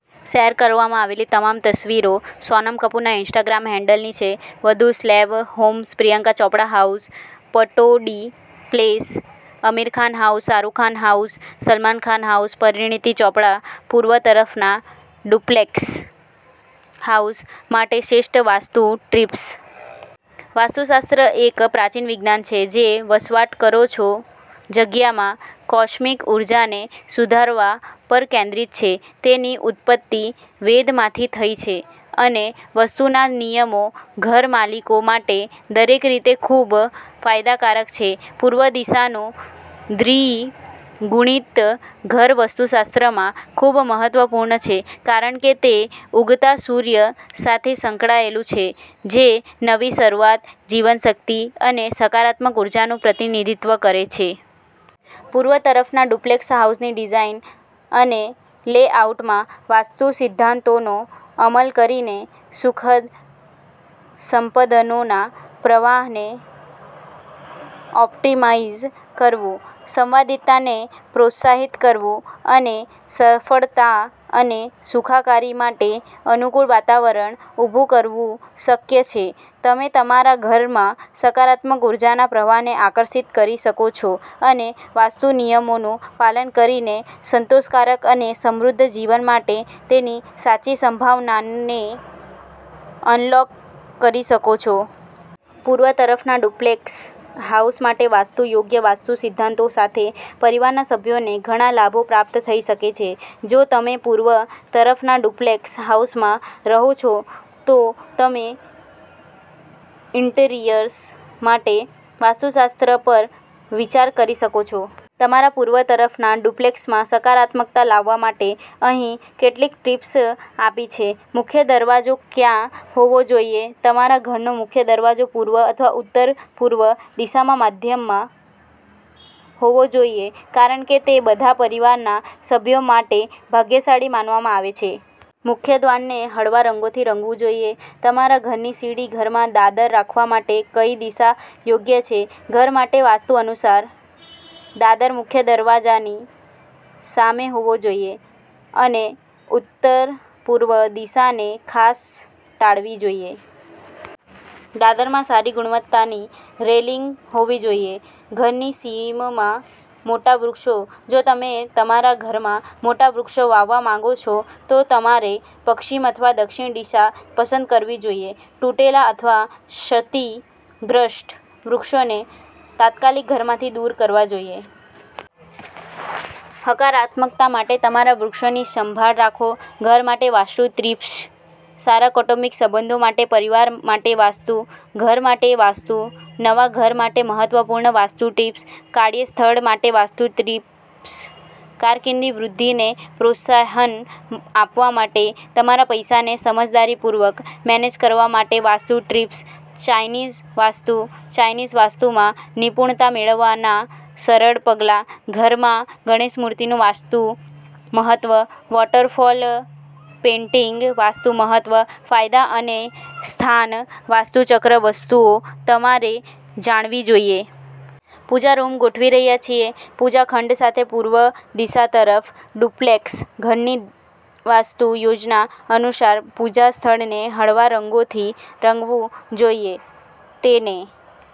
Share કરવામાં આવેલી તમામ તસવીરો સોનમ કપૂરના ઈન્સ્ટાગ્રામ હેન્ડલની છે. વધુ celeb homes Priyanka Chopra house, Pataudi palace, Aamir Khan house, Shahrukh Khan house, Salman Khan house, Parineeti Chopra. પૂર્વ તરફના ડુપ્લેક્સ હાઉસ માટે શ્રેષ્ઠ વાસ્તુ ટ્રિપ્સ. વાસ્તુશાસ્ત્ર એક પ્રાચીન વિજ્ઞાન છે, જે વસવાટ કરો છો જગ્યામાં કોસ્મિક ઊર્જાને સુધારવા પર કેન્દ્રિત છે. તેની ઉત્પત્તિ વેદમાંથી થઈ છે અને વસ્તુના નિયમો ઘરમાલિકો માટે દરેક રીતે ખૂબ ફાયદાકારક છે. પૂર્વ દિશાનું દ્રી ગુણિત ઘર વાસ્તુશાસ્ત્રમાં ખૂબ મહત્વપૂર્ણ છે કારણ કે તે ઉગતા સૂર્ય સાથે સંકળાયેલું છે, જે નવી શરૂઆત, જીવનશક્તિ અને સકારાત્મક ઊર્જાનું પ્રતિનિધિત્વ કરે છે. પૂર્વ તરફના ડુપ્લેક્સ હાઉસની ડિઝાઇન અને લેઆઉટમાં વાસ્તુ સિદ્ધાંતોનો અમલ કરીને, સુખદ સ સંપદનોના પ્રવાહને ઑપ્ટિમાઇઝ કરવું, સંવાદિતાને પ્રોત્સાહિત કરવું અને સફળતા અને સુખાકારી માટે અનુકૂળ વાતાવરણ ઊભું કરવું શક્ય છે. તમે તમારા ઘરમાં સકારાત્મક ઊર્જાના પ્રવાહને આકર્ષિત કરી શકો છો અને વાસ્તુ નિયમોનું પાલન કરીને સંતોષકારક અને સમૃદ્ધ જીવન માટે તેની સાચી સંભાવનાને અનલૉક કરી શકો છો. પૂર્વ તરફના ડુપ્લેક્સ હાઉસ માટે વાસ્તુ. યોગ્ય વાસ્તુ સિદ્ધાંતો સાથે, પરિવારના સભ્યોને ઘણા લાભો પ્રાપ્ત થઈ શકે છે. જો તમે પૂર્વ તરફના ડુપ્લેક્સ હાઉસમાં રહો છો, તો તમે ઈન્ટિરિયર્સ માટે વાસ્તુશાસ્ત્ર પર વિચાર કરી શકો છો. તમારા પૂર્વ તરફના ડુપ્લેક્સમાં સકારાત્મકતા લાવવા માટે અહીં કેટલીક ટીપ્સ આપી છે. મુખ્ય દરવાજો ક્યાં હોવો જોઈએ? તમારા ઘરનો મુખ્ય દરવાજો પૂર્વ અથવા ઉત્તર-પૂર્વ દિશામાં મધ્યમાં હોવો જોઈએ કારણ કે તે બધા પરિવારના સભ્યો માટે ભાગ્યશાળી માનવામાં આવે છે. મુખ્ય દ્વારને હળવા રંગોથી રંગવું જોઈએ. તમારા ઘરની સીડી ઘરમાં દાદર રાખવા માટે કઈ દિશા યોગ્ય છે? ઘર માટે વાસ્તુ અનુસાર, દાદર મુખ્ય દરવાજાની સામે હોવો જોઈએ અને ઉત્તર-પૂર્વ દિશાને ખાસ ટાળવી જોઈએ. દાદરમાં સારી ગુણવત્તાની રેલિંગ હોવી જોઈએ. ઘરની સીમમાં મોટા વૃક્ષો. જો તમે તમારા ઘરમાં મોટા વૃક્ષો વાવવા માંગો છો, તો તમારે પશ્ચિમ અથવા દક્ષિણ દિશા પસંદ કરવી જોઈએ. તૂટેલા અથવા ક્ષતિગ્રસ્ત વૃક્ષોને તાત્કાલિક ઘરમાંથી દૂર કરવા જોઈએ. હકારાત્મકતા માટે તમારા વૃક્ષોની સંભાળ રાખો. ઘર માટે વાસ્તુ ટ્રિપ્સ. સારા કૌટુંબિક સંબંધો માટે પરિવાર માટે વાસ્તુ, ઘર માટે વાસ્તુ, નવા ઘર માટે મહત્વપૂર્ણ વાસ્તુ ટિપ્સ, કાર્યસ્થળ માટે વાસ્તુ ટ્રિપ્સ, કારકિર્દી વૃદ્ધિને પ્રોત્સાહન આપવા માટે, તમારા પૈસાને સમજદારીપૂર્વક મેનેજ કરવા માટે Vastu tips, Chinese Vastu, Chinese વાસ્તુમાં નિપુણતા મેળવવાના સરળ પગલાં, ઘરમાં ગણેશ મૂર્તિનું વાસ્તુ મહત્વ, વોટરફોલ પેઇન્ટિંગ વાસ્તુ મહત્વ, ફાયદા અને સ્થાન, વાસ્તુ ચક્ર વસ્તુઓ તમારે જાણવી જોઈએ. પૂજા રૂમ ગોઠવી રહ્યા છીએ. પૂજા ખંડ સાથે પૂર્વ દિશા તરફ ડુપ્લેક્સ ઘરની વાસ્તુ યોજના અનુસાર, પૂજા સ્થળને હળવા રંગોથી રંગવું જોઈએ. તેને